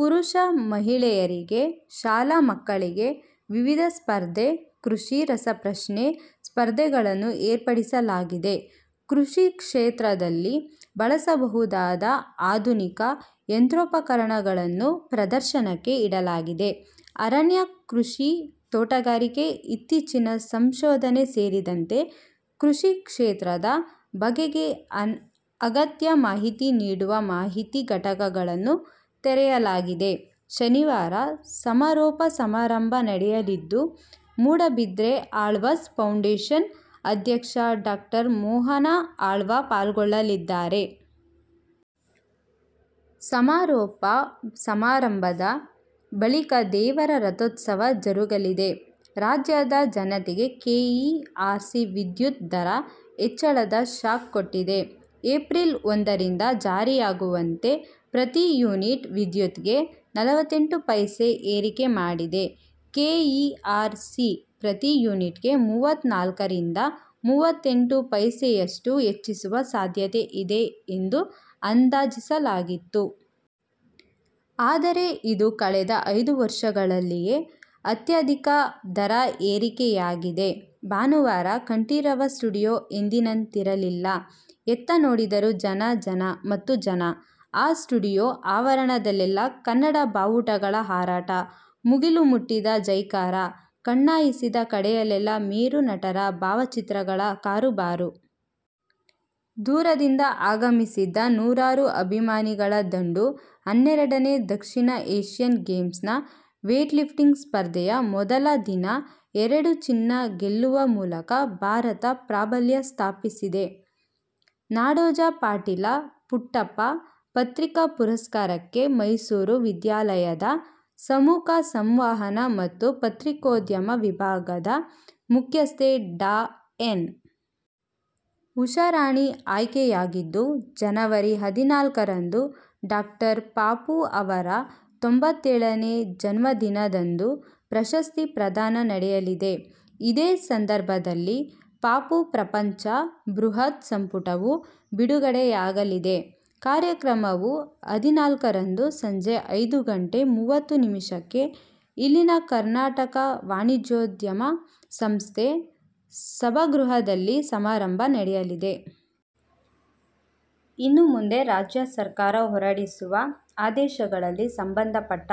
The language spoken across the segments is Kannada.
ಪುರುಷ, ಮಹಿಳೆಯರಿಗೆ, ಶಾಲಾ ಮಕ್ಕಳಿಗೆ ವಿವಿಧ ಸ್ಪರ್ಧೆ, ಕೃಷಿ ರಸಪ್ರಶ್ನೆ ಸ್ಪರ್ಧೆಗಳನ್ನು ಏರ್ಪಡಿಸಲಾಗಿದೆ. ಕೃಷಿ ಕ್ಷೇತ್ರದಲ್ಲಿ ಬಳಸಬಹುದಾದ ಆಧುನಿಕ ಯಂತ್ರೋಪಕರಣಗಳನ್ನು ಪ್ರದರ್ಶನಕ್ಕೆ ಇಡಲಾಗಿದೆ. ಅರಣ್ಯ, ಕೃಷಿ, ತೋಟಗಾರಿಕೆ, ಇತ್ತೀಚಿನ ಸಂಶೋಧನೆ ಸೇರಿದಂತೆ ಕೃಷಿ ಕ್ಷೇತ್ರದ ಬಗೆಗೆ ಅಗತ್ಯ ಮಾಹಿತಿ ನೀಡುವ ಮಾಹಿತಿ ಘಟಕಗಳನ್ನು ತೆರೆಯಲಾಗಿದೆ. ಶನಿವಾರ ಸಮಾರೋಪ ಸಮಾರಂಭ ನಡೆಯಲಿದ್ದು, ಮೂಡಬಿದ್ರೆ ಆಳ್ವಾಸ್ ಫೌಂಡೇಶನ್ ಅಧ್ಯಕ್ಷ ಡಾ ಮೋಹನ ಆಳ್ವಾ ಪಾಲ್ಗೊಳ್ಳಲಿದ್ದಾರೆ. ಸಮಾರೋಪ ಸಮಾರಂಭದ ಬಳಿಕ ದೇವರ ರಥೋತ್ಸವ ಜರುಗಲಿದೆ. ರಾಜ್ಯದ ಜನತೆಗೆ ಕೆ ಇ ಆರ್ ಸಿ ವಿದ್ಯುತ್ ದರ ಹೆಚ್ಚಳದ ಶಾಕ್ ಕೊಟ್ಟಿದೆ. ಏಪ್ರಿಲ್ ಒಂದರಿಂದ ಜಾರಿಯಾಗುವಂತೆ ಪ್ರತಿ ಯೂನಿಟ್ ವಿದ್ಯುತ್ ಗೆ ನಲವತ್ತೆಂಟು ಪೈಸೆ ಏರಿಕೆ ಮಾಡಿದೆ. ಕೆ ಇ ಆರ್ ಸಿ ಪ್ರತಿ ಯೂನಿಟ್ ಗೆ ಮೂವತ್ನಾಲ್ಕರಿಂದ ಮೂವತ್ತೆಂಟು ಪೈಸೆಯಷ್ಟು ಹೆಚ್ಚಿಸುವ ಸಾಧ್ಯತೆ ಇದೆ ಎಂದು ಅಂದಾಜಿಸಲಾಗಿತ್ತು. ಆದರೆ ಇದು ಕಳೆದ ಐದು ವರ್ಷಗಳಲ್ಲಿಯೇ ಅತ್ಯಧಿಕ ದರ ಏರಿಕೆಯಾಗಿದೆ. ಭಾನುವಾರ ಕಂಠೀರವ ಸ್ಟುಡಿಯೋ ಎಂದಿನಂತಿರಲಿಲ್ಲ. ಎತ್ತ ನೋಡಿದರೂ ಜನ ಜನ ಮತ್ತು ಜನ. ಆ ಸ್ಟುಡಿಯೋ ಆವರಣದಲ್ಲೆಲ್ಲಾ ಕನ್ನಡ ಬಾವುಟಗಳ ಹಾರಾಟ, ಮುಗಿಲು ಮುಟ್ಟಿದ ಜೈಕಾರ, ಕಣ್ಣಾಯಿಸಿದ ಕಡೆಯೆಲ್ಲಾ ಮೇರು ನಟನ ಭಾವಚಿತ್ರಗಳ ಕಾರುಬಾರು. ದೂರದಿಂದ ಆಗಮಿಸಿದ್ದ ನೂರಾರು ಅಭಿಮಾನಿಗಳ ದಂಡು. ಹನ್ನೆರಡನೇ ದಕ್ಷಿಣ ಏಶ್ಯನ್ ಗೇಮ್ಸ್ ನ ವೇಟ್ಲಿಫ್ಟಿಂಗ್ ಸ್ಪರ್ಧೆಯ ಮೊದಲ ದಿನ ಎರಡು ಚಿನ್ನ ಗೆಲ್ಲುವ ಮೂಲಕ ಭಾರತ ಪ್ರಾಬಲ್ಯ ಸ್ಥಾಪಿಸಿದೆ. ನಾಡೋಜ ಪಾಟೀಲ ಪುಟ್ಟಪ್ಪ ಪತ್ರಿಕಾ ಪುರಸ್ಕಾರಕ್ಕೆ ಮೈಸೂರು ವಿಶ್ವವಿದ್ಯಾಲಯದ ಸಮೂಹ ಸಂವಹನ ಮತ್ತು ಪತ್ರಿಕೋದ್ಯಮ ವಿಭಾಗದ ಮುಖ್ಯಸ್ಥೆ ಡಾ ಎನ್. ಉಷಾರಾಣಿ ಆಯ್ಕೆಯಾಗಿದ್ದು, ಜನವರಿ ಹದಿನಾಲ್ಕರಂದು ಡಾಕ್ಟರ್ ಪಾಪು ಅವರ ತೊಂಬತ್ತೇಳನೇ ಜನ್ಮದಿನದಂದು ಪ್ರಶಸ್ತಿ ಪ್ರದಾನ ನಡೆಯಲಿದೆ. ಇದೇ ಸಂದರ್ಭದಲ್ಲಿ ಪಾಪು ಪ್ರಪಂಚ' ಬೃಹತ್ ಸಂಪುಟವೂ ಬಿಡುಗಡೆಯಾಗಲಿದೆ. ಕಾರ್ಯಕ್ರಮವು ಹದಿನಾಲ್ಕರಂದು ಸಂಜೆ ಐದು ಗಂಟೆ ಮೂವತ್ತು ನಿಮಿಷಕ್ಕೆ ಇಲ್ಲಿನ ಕರ್ನಾಟಕ ವಾಣಿಜ್ಯೋದ್ಯಮ ಸಂಸ್ಥೆ ಸಭಾಗೃಹದಲ್ಲಿ ಸಮಾರಂಭ ನಡೆಯಲಿದೆ. "ಇನ್ನು ಮುಂದೆ ರಾಜ್ಯ ಸರ್ಕಾರ ಹೊರಡಿಸುವ ಆದೇಶಗಳಲ್ಲಿ ಸಂಬಂಧಪಟ್ಟ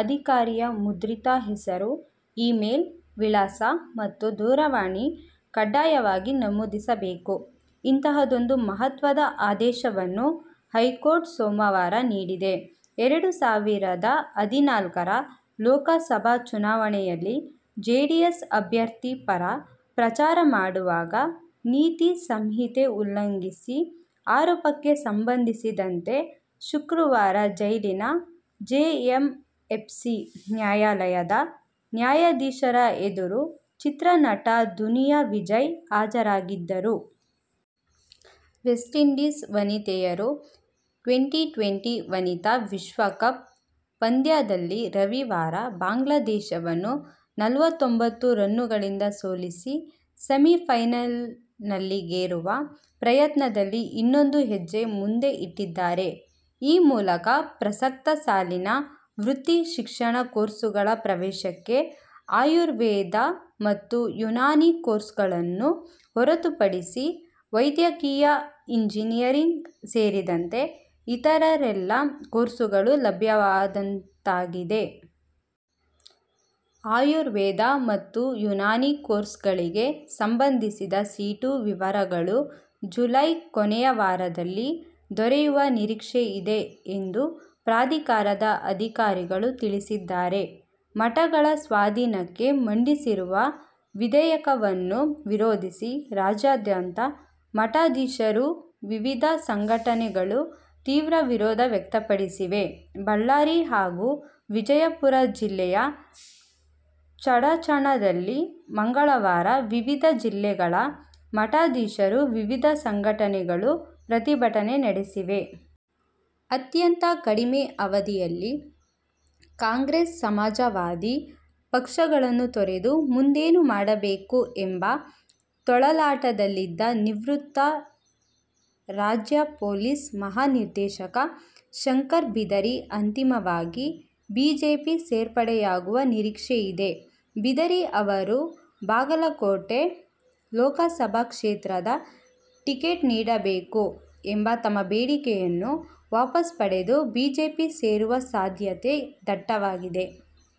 ಅಧಿಕಾರಿಯ ಮುದ್ರಿತ ಹೆಸರು, ಇ-ಮೇಲ್ ವಿಳಾಸ ಮತ್ತು ದೂರವಾಣಿ ಕಡ್ಡಾಯವಾಗಿ ನಮೂದಿಸಬೇಕು" ಇಂತಹದೊಂದು ಮಹತ್ವದ ಆದೇಶವನ್ನು ಹೈಕೋರ್ಟ್ ಸೋಮವಾರ ನೀಡಿದೆ. ಎರಡು ಸಾವಿರದ ಹದಿನಾಲ್ಕರ ಲೋಕಸಭಾ ಚುನಾವಣೆಯಲ್ಲಿ ಜೆಡಿಎಸ್ ಅಭ್ಯರ್ಥಿ ಪರ ಪ್ರಚಾರ ಮಾಡುವಾಗ ನೀತಿ ಸಂಹಿತೆ ಉಲ್ಲಂ ಸಿದ ಆರೋಪಕ್ಕೆ ಸಂಬಂಧಿಸಿದಂತೆ ಶುಕ್ರವಾರ ಇಲ್ಲಿನ ಜೆಎಂಎಫ್ಸಿ ನ್ಯಾಯಾಲಯದ ನ್ಯಾಯಾಧೀಶರ ಎದುರು ಚಿತ್ರ ನಟ ದುನಿಯಾ ವಿಜಯ್ ಹಾಜರಾಗಿದ್ದರು. ವೆಸ್ಟ್ಇಂಡೀಸ್ ವನಿತೆಯರು ಟ್ವೆಂಟಿ-ಟ್ವೆಂಟಿ ವನಿತಾ ವಿಶ್ವಕಪ್ ಪಂದ್ಯದಲ್ಲಿ ರವಿವಾರ ಬಾಂಗ್ಲಾದೇಶವನ್ನು ನಲವತ್ತೊಂಬತ್ತು ರನ್ನುಗಳಿಂದ ಸೋಲಿಸಿ ಸೆಮಿಫೈನಲ್ಲಿಗೇರುವ ಪ್ರಯತ್ನದಲ್ಲಿ ಇನ್ನೊಂದು ಹೆಜ್ಜೆ ಮುಂದೆ ಇಟ್ಟಿದ್ದಾರೆ. ಈ ಮೂಲಕ ಪ್ರಸಕ್ತ ಸಾಲಿನ ವೃತ್ತಿ ಶಿಕ್ಷಣ ಕೋರ್ಸುಗಳ ಪ್ರವೇಶಕ್ಕೆ ಆಯುರ್ವೇದ ಮತ್ತು ಯುನಾನಿ ಕೋರ್ಸುಗಳನ್ನು ಹೊರತುಪಡಿಸಿ ವೈದ್ಯಕೀಯ, ಇಂಜಿನಿಯರಿಂಗ್ ಸೇರಿದಂತೆ ಇತರೆಲ್ಲಾ ಕೋರ್ಸುಗಳು ಲಭ್ಯವಾದಂತಾಗಿದೆ. ಆಯುರ್ವೇದ ಮತ್ತು ಯುನಾನಿ ಕೋರ್ಸುಗಳಿಗೆ ಸಂಬಂಧಿಸಿದ ಸೀಟು ವಿವರಗಳು ಜುಲೈ ಕೊನೆಯ ವಾರದಲ್ಲಿ ದೊರೆಯುವ ನಿರೀಕ್ಷೆ ಇದೆ ಎಂದು ಪ್ರಾಧಿಕಾರದ ಅಧಿಕಾರಿಗಳು ತಿಳಿಸಿದ್ದಾರೆ. ಮಠಗಳ ಸ್ವಾಧೀನಕ್ಕೆ ಮಂಡಿಸಿರುವ ವಿಧೇಯಕವನ್ನು ವಿರೋಧಿಸಿ ರಾಜ್ಯಾದ್ಯಂತ ಮಠಾ ಧೀಶರು, ವಿವಿಧ ಸಂಘಟನೆಗಳು ತೀವ್ರ ವಿರೋಧ ವ್ಯಕ್ತಪಡಿಸಿವೆ. ಬಳ್ಳಾರಿ ಹಾಗೂ ವಿಜಯಪುರ ಜಿಲ್ಲೆಯ ಚಡಚಣದಲ್ಲಿ ಮಂಗಳವಾರ ವಿವಿಧ ಜಿಲ್ಲೆಗಳ ಮಠಾಧೀಶರು, ವಿವಿಧ ಸಂಘಟನೆಗಳು ಪ್ರತಿಭಟನೆಯನ್ನು ನಡೆಸಿವೆ. ಅತ್ಯಂತ ಕಡಮೆ ಅವಧಿಯಲ್ಲಿ ಕಾಂಗ್ರೆಸ್, ಸಮಾಜವಾದಿ ಪಕ್ಷಗಳನ್ನು ತೊರೆದು ಮುಂದೇನು ಮಾಡಬೇಕು ಎಂಬ ತೊಳಲಾಟದಲ್ಲಿದ್ದ ನಿವೃತ್ತ ರಾಜ್ಯ ಪೊಲೀಸ್ ಮಹಾನಿರ್ದೇಶಕ ಶಂಕರ್ ಬಿದರಿ ಅಂತಿಮವಾಗಿ ಬಿಜೆಪಿ ಸೇರ್ಪಡೆಯಾಗುವ ನಿರೀಕ್ಷೆಯಿದೆ. ಬಿದರಿ ಅವರು ಬಾಗಲಕೋಟೆ ಲೋಕಸಭಾ ಕ್ಷೇತ್ರದ ಟಿಕೆಟ್ ನೀಡಬೇಕು ಎಂಬ ತಮ್ಮ ಬೇಡಿಕೆಯನ್ನು ವಾಪಸ್ ಪಡೆದು ಬಿಜೆಪಿ ಸೇರುವ ಸಾಧ್ಯತೆ ದಟ್ಟವಾಗಿದೆ.